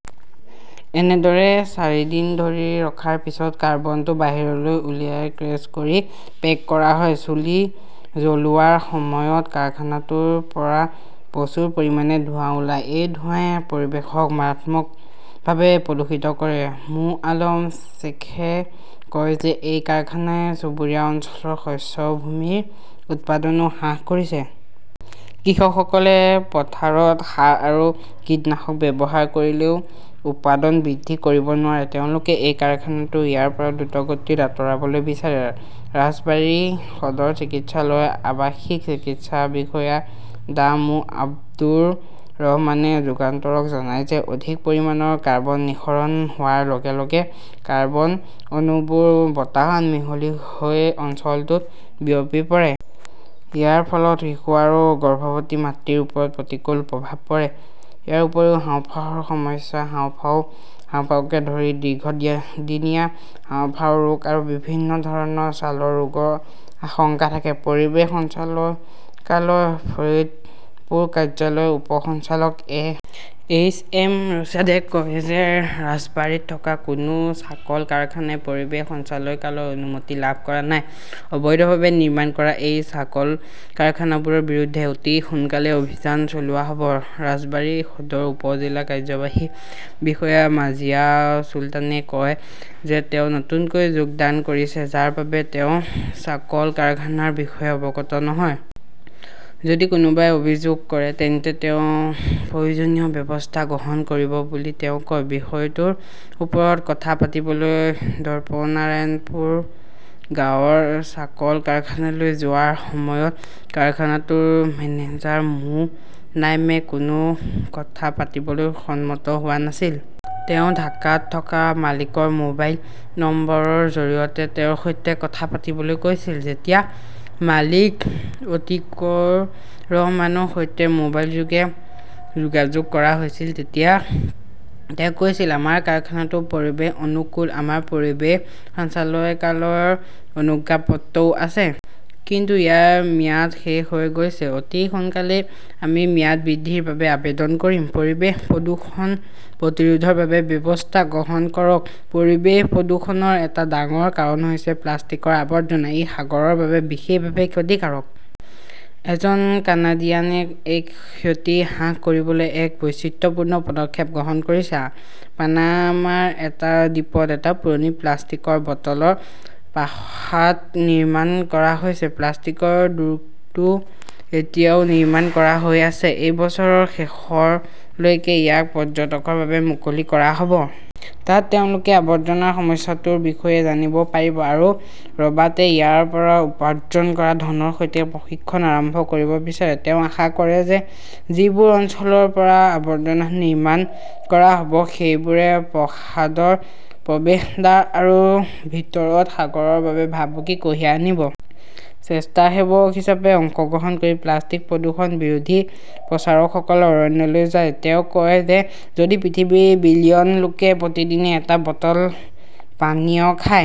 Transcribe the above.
এনেদৰে চাৰিদিন ধৰি ৰখাৰ পিছত কাৰ্বনটো বাহিৰলৈ উলিয়াই ক্ৰেশ্ব কৰি পেক কৰা হয়। চুলি জ্বলোৱাৰ সময়ত কাৰখানাটোৰ পৰা প্ৰচুৰ পৰিমাণে ধোঁৱা ওলাই। এই ধোঁৱাই পৰিৱেশক মাৰাত্মকভাৱে প্ৰদূষিত কৰে। মো. আলম শ্বেইখে কয় যে এই কাৰখানাই চুবুৰীয়া অঞ্চলৰ শস্য ভূমিৰ উৎপাদনও হ্ৰাস কৰিছে। কৃষকসকলে পথাৰত সাৰ আৰু কীটনাশক ব্যৱহাৰ কৰিলেও উৎপাদন বৃদ্ধি কৰিব নোৱাৰে। তেওঁলোকে এই কাৰখানাটো ইয়াৰ পৰা দ্ৰুতগতিত আঁতৰাবলৈ বিচাৰে। ৰাজবাৰী সদৰ চিকিৎসালয়ৰ আৱাসিক চিকিৎসা বিষয়া ডাঃ মো. আব্দুৰ ৰহমানে যুগান্তৰক জনায় যে অধিক পৰিমাণৰ কাৰ্বন নিঃসৰণ হোৱাৰ লগে লগে কাৰ্বন অণুবোৰ বতাহত মিহলি হৈ অঞ্চলটোত বিয়পি পৰে। ইয়াৰ ফলত শিশু আৰু গৰ্ভৱতী মাতৃৰ ওপৰত প্ৰতিকূল প্ৰভাৱ পৰে। ইয়াৰ উপৰিও হাঁওফাঁওৰ সমস্যা, হাঁওফাঁও, হাঁওফাঁওকে ধৰি দীৰ্ঘদিনীয়া হাঁওফাঁওৰ ৰোগ আৰু বিভিন্ন ধৰণৰ ছালৰ ৰোগৰ আশংকা থাকে। পৰিৱেশ সঞ্চালকালয়ৰ ফৰিদপুৰ কাৰ্যালয়ৰ উপ সঞ্চালক এ. এইচ. এম. ৰছেদে কয় যে ৰাজবাৰীত থকা কোনো চাৰ্কল কাৰখানাই পৰিৱেশ সঞ্চালকালয়ৰ অনুমতি লাভ কৰা নাই। অবৈধভাৱে নিৰ্মাণ কৰা এই চাৰ্কল কাৰখানাবোৰৰ বিৰুদ্ধে অতি সোনকালেই অভিযান চলোৱা হ'ব। ৰাজবাৰী সদৰ উপ-জিলা কাৰ্যবাহী বিষয়া মাৰ্জিয়া চুলতানে কয় যে তেওঁ নতুনকৈ যোগদান কৰিছে যাৰ বাবে তেওঁ চাৰ্কল কাৰখানাৰ বিষয়ে অৱগত নহয়। যদি কোনোবাই অভিযোগ কৰে তেন্তে তেওঁ প্ৰয়োজনীয় ব্যৱস্থা গ্ৰহণ কৰিব বুলি তেওঁ কয়। বিষয়টোৰ ওপৰত কথা পাতিবলৈ দৰ্পনাৰায়ণপুৰ গাঁৱৰ চাৰ্কল কাৰখানালৈ যোৱাৰ সময়ত কাৰখানাটোৰ মেনেজাৰ মো. নাইমে কোনো কথা পাতিবলৈ সন্মত হোৱা নাছিল। তেওঁ ঢাকাত থকা মালিকৰ মোবাইল নম্বৰৰ জৰিয়তে তেওঁৰ সৈতে কথা পাতিবলৈ কৈছিল। যেতিয়া মালিক অতীকুৰ ৰহমানৰ সৈতে মোবাইলযোগে যোগাযোগ কৰা হৈছিল, তেতিয়া তেওঁ কৈছিল, "আমাৰ কাৰখানাটো পৰিৱেশ অনুকূল"। আমাৰ পৰিৱেশ সঞ্চালকালয়ৰ অনুজ্ঞাপত্ৰও আছে। কিন্তু ইয়াৰ ম্যাদ শেষ হৈ গৈছে। অতি সোনকালেই আমি ম্যাদ বৃদ্ধিৰ বাবে আবেদন কৰিম। পৰিৱেশ প্ৰদূষণ প্ৰতিৰোধৰ বাবে ব্যৱস্থা গ্ৰহণ কৰক পৰিৱেশ প্ৰদূষণৰ এটা ডাঙৰ কাৰণ হৈছে প্লাষ্টিকৰ আৱৰ্জনা। ই সাগৰৰ বাবে বিশেষভাৱে ক্ষতিকাৰক। এজন কানাডিয়ানে এই ক্ষতি হ্ৰাস কৰিবলৈ এক বৈচিত্ৰপূৰ্ণ পদক্ষেপ গ্ৰহণ কৰিছে। পানামাৰ এটা দ্বীপত এটা পুৰণি প্লাষ্টিকৰ বটলৰ প্ৰাসাদ নিৰ্মাণ কৰা হৈছে। প্লাষ্টিকৰ দুৰ্গটো এতিয়াও নিৰ্মাণ কৰা হৈ আছে। এই বছৰৰ শেষৰলৈকে ইয়াক পৰ্যটকৰ বাবে মুকলি কৰা হ'ব। তাত তেওঁলোকে আৱৰ্জনাৰ সমস্যাটোৰ বিষয়ে জানিব পাৰিব আৰু ৰবাৰ্টে ইয়াৰ পৰা উপাৰ্জন কৰা ধনৰ সৈতে প্ৰশিক্ষণ আৰম্ভ কৰিব বিচাৰে। তেওঁ আশা কৰে যে যিবোৰ অঞ্চলৰ পৰা আৱৰ্জনা নিৰ্মাণ কৰা হ'ব, সেইবোৰে প্ৰাসাদৰ প্ৰৱেশদ্বাৰ আৰু ভিতৰত সাগৰৰ বাবে ভাবুকি কঢ়িয়াই আনিব। স্বেচ্ছাসেৱক হিচাপে অংশগ্ৰহণ কৰি প্লাষ্টিক প্ৰদূষণ বিৰোধী প্ৰচাৰকসকলে অৰণ্যলৈ যায়। তেওঁ কয় যে যদি পৃথিৱীৰ বিলিয়ন লোকে প্ৰতিদিনে এটা বটল পানীয় খায়।